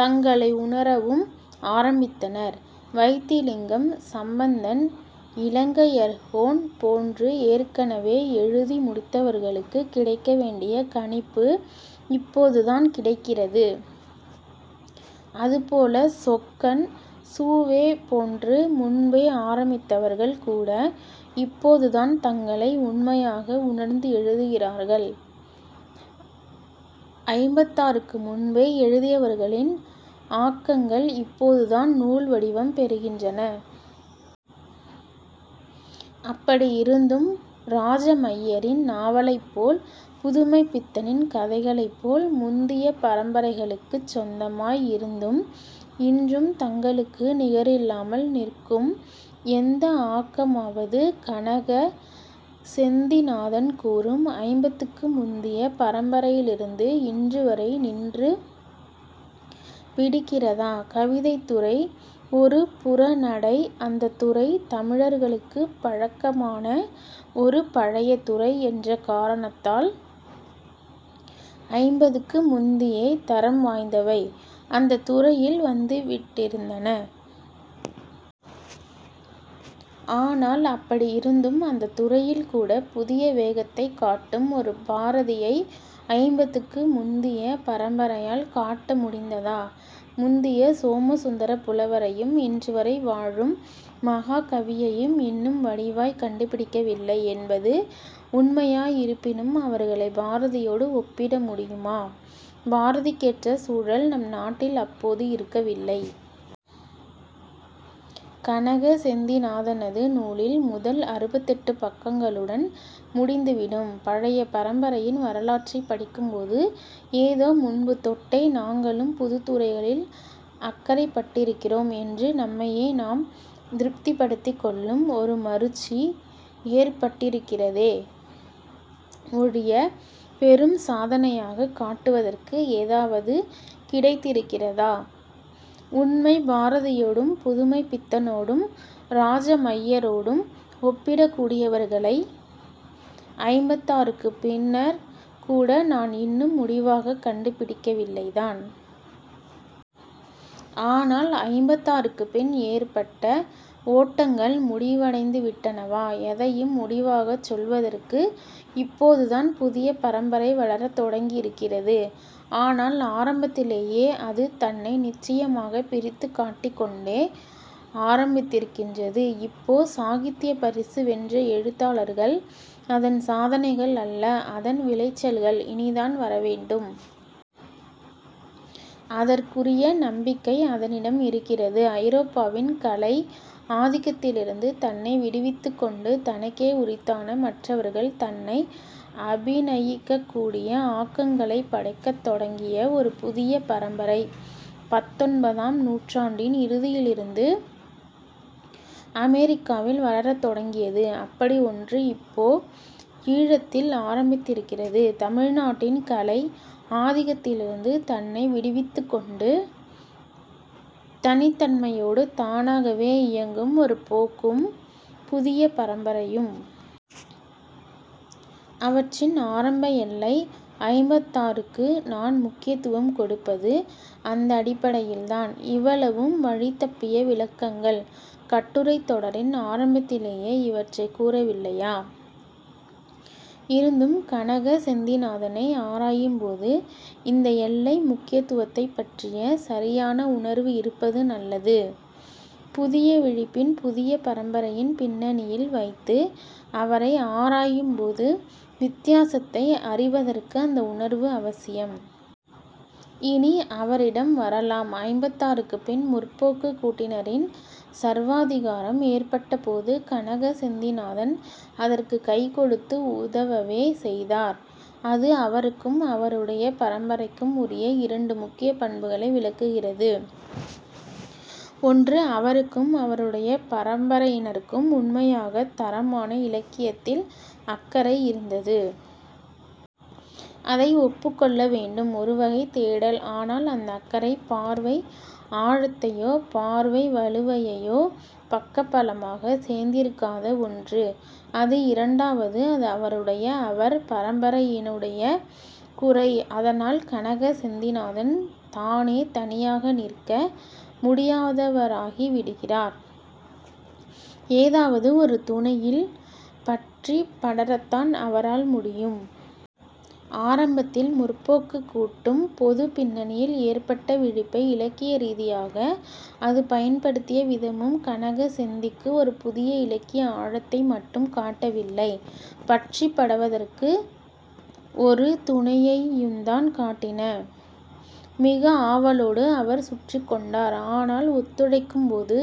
தங்களை உணரவும் ஆரம்பித்தனர். வைத்திலிங்கம், சம்பந்தன், இலங்கையர்கோன் போன்று ஏற்கனவே எழுதி முடித்தவர்களுக்குக் கிடைக்கவேண்டிய கணிப்பு இப்போதுதான் கிடைக்கிறது. அதுபோல சொக்கன், சு. வே. போன்று முன்பே ஆரம்பித்தவர்கள் கூட இப்போதுதான் தங்களை உண்மையாக உணர்ந்து எழுதுகிறார்கள். ஐம்பத்தாறுக்கு முன்பே எழுதியவர்களின் ஆக்கங்கள் இப்போதுதான் நூல்வடிவம் பெறுகின்றன. அப்படி இருந்தும் ராஜமய்யரின் நாவலைப்போல், புதுமைப்பித்தனின் கதைகளைப்போல் முந்திய பரம்பரைகளுக்குச் சொந்தமாய் இருந்தும் இன்றும் தங்களுக்கு நிகரில்லாமல் நிற்கும் எந்த ஆக்கமாவது கனக செந்திநாதன் கூறும் ஐம்பதுக்கு முந்திய பரம்பரையிலிருந்து இன்றுவரை நின்று பிடிக்கிறதா? கவிதைத்துறை ஒரு புறநடை. அந்தத் துறை தமிழர்களுக்குப் பழக்கமான ஒரு பழைய துறை என்ற காரணத்தால் ஐம்பதுக்கு முந்தியே தரம் வாய்ந்தவை அந்தத் துறையில் வந்துவிட்டிருந்தன. ஆனால் அப்படி இருந்தும் அந்தத் துறையில்கூட புதிய வேகத்தைக் காட்டும் ஒரு பாரதியை, ஐம்பதுக்கு முந்திய பரம்பரையால் காட்ட முடிந்ததா? முந்திய சோமசுந்தரப் புலவரையும் இன்றுவரை வாழும் மகாகவியையும் இன்னும் வடிவாய்க் கண்டுபிடிக்கவில்லை என்பது உண்மையாய் இருப்பினும் அவர்களைப் பாரதியோடு ஒப்பிட முடியுமா? பாரதிக்கேற்ற சூழல் நம் நாட்டில் அப்போது இருக்கவில்லை. கனக செந்திநாதனது நூலில் முதல் அறுபத்தெட்டு பக்கங்களுடன் முடிந்துவிடும் பழைய பரம்பரையின் வரலாற்றைப் படிக்கும்போது ஏதோ முன்பு தொட்டே நாங்களும் புதுத்துறைகளில் அக்கறைப்பட்டிருக்கிறோம் என்று நம்மையே நாம் திருப்திப்படுத்திக்கொள்ளும் ஒரு மருட்சி ஏற்பட்டிருக்கிறதே ஒழிய பெரும் சாதனையாகக் காட்டுவதற்கு ஏதாவது கிடைத்திருக்கிறதா? உண்மை, பாரதியோடும் புதுமைப்பித்தனோடும் ராஜமய்யரோடும் ஒப்பிடக்கூடியவர்களை ஐம்பத்தாறுக்குப் பின்னர் கூட நான் இன்னும் முடிவாகக் கண்டுபிடிக்கவில்லைதான். ஆனால் ஐம்பத்தாறுக்குப் பின் ஏற்பட்ட ஓட்டங்கள் முடிவடைந்துவிட்டனவா, எதையும் முடிவாகச் சொல்வதற்கு? இப்போதுதான் புதிய பரம்பரை வளரத் தொடங்கியிருக்கிறது. ஆனால் ஆரம்பத்திலேயே அது தன்னை நிச்சயமாகப் பிரித்துக் காட்டிக்கொண்டே ஆரம்பித்திருக்கின்றது. இப்போ சாகித்தியப் பரிசு வென்ற எழுத்தாளர்கள் அதன் சாதனைகள் அல்ல. அதன் விளைச்சல்கள் இனித்தான் வரவேண்டும். அதற்குரிய நம்பிக்கை அதனிடம் இருக்கிறது. ஐரோப்பாவின் கலை ஆதிக்கத்திலிருந்து தன்னை விடுவித்துக்கொண்டு தனக்கே உரித்தான, மற்றவர்கள் தன்னை அபிநயிக்கக்கூடிய, ஆக்கங்களைப் படைக்கத் தொடங்கிய ஒரு புதிய பரம்பரை பத்தொன்பதாம் நூற்றாண்டின் இறுதியிலிருந்து அமெரிக்காவில் வளரத் தொடங்கியது. அப்படி ஒன்று இப்போ ஈழத்தில் ஆரம்பித்திருக்கிறது. தமிழ்நாட்டின் கலை ஆதிக்கத்திலிருந்து தன்னை விடுவித்துக்கொண்டு தனித்தன்மையோடு தானாகவே இயங்கும் ஒரு போக்கும் புதிய பரம்பரையும்! அவற்றின் ஆரம்ப எல்லை. ஐம்பத்தாறு.க்கு நான் முக்கியத்துவம் கொடுப்பது அந்த அடிப்படையில்தான். இவ்வளவும் வழிதப்பிய விளக்கங்கள். கட்டுரைத் தொடரின் ஆரம்பத்திலேயே இவற்றைக் கூறவில்லையா? இருந்தும் கனக செந்திநாதனை ஆராயும்போது இந்த எல்லை முக்கியத்துவத்தைப்பற்றிய சரியான உணர்வு இருப்பது நல்லது. புதிய விழிப்பின் புதிய பரம்பரையின் பின்னணியில் வைத்து அவரை ஆராயும்போது வித்தியாசத்தை அறிவதற்கு அந்த உணர்வு அவசியம். இனி அவரிடம் வரலாம். ஐம்பத்தாறுக்குப் பின் 'முற்போக்கு'க் கூட்டினரின் சர்வாதிகாரம் ஏற்பட்டபோது கனக செந்திநாதன் அதற்குக் கைகொடுத்து உதவவே செய்தார். அது அவருக்கும் அவருடைய பரம்பரைக்கும் உரிய இரண்டு முக்கிய பண்புகளை விளக்குகிறது. ஒன்று, அவருக்கும் அவருடைய பரம்பரையினருக்கும் உண்மையாகத் தரமான இலக்கியத்தில் அக்கறை இருந்தது. அதை ஒப்புக்கொள்ள வேண்டும். ஒருவகைத் தேடல். ஆனால் அந்த அக்கறை, பார்வை ஆழத்தையோ பார்வை வலுவையையோ பக்கபலமாகச் சேர்ந்திருக்காத ஒன்று. அது இரண்டாவது. அது அவருடைய, அவர் பரம்பரையினுடைய குறை. அதனால் கனக செந்திநாதன் தானே தனியாக நிற்க முடியாதவராகி விடுகிறார். ஏதாவது ஒரு துணையில் பற்றிப் படரத்தான் அவரால் முடியும். ஆரம்பத்தில் முற்போக்குக் கூட்டும், பொதுப் பின்னணியில் ஏற்பட்ட விழிப்பை இலக்கிய ரீதியாக அது பயன்படுத்திய விதமும் கனக செந்திக்கு ஒரு புதிய இலக்கிய ஆழத்தை மட்டும் காட்டவில்லை. பற்றிப் படர்வதற்கு ஒரு துணையையுந்தான் காட்டின. மிக ஆவலோடு அவர் சுற்றிக்கொண்டார். ஆனால் ஒத்துழைக்கும்போது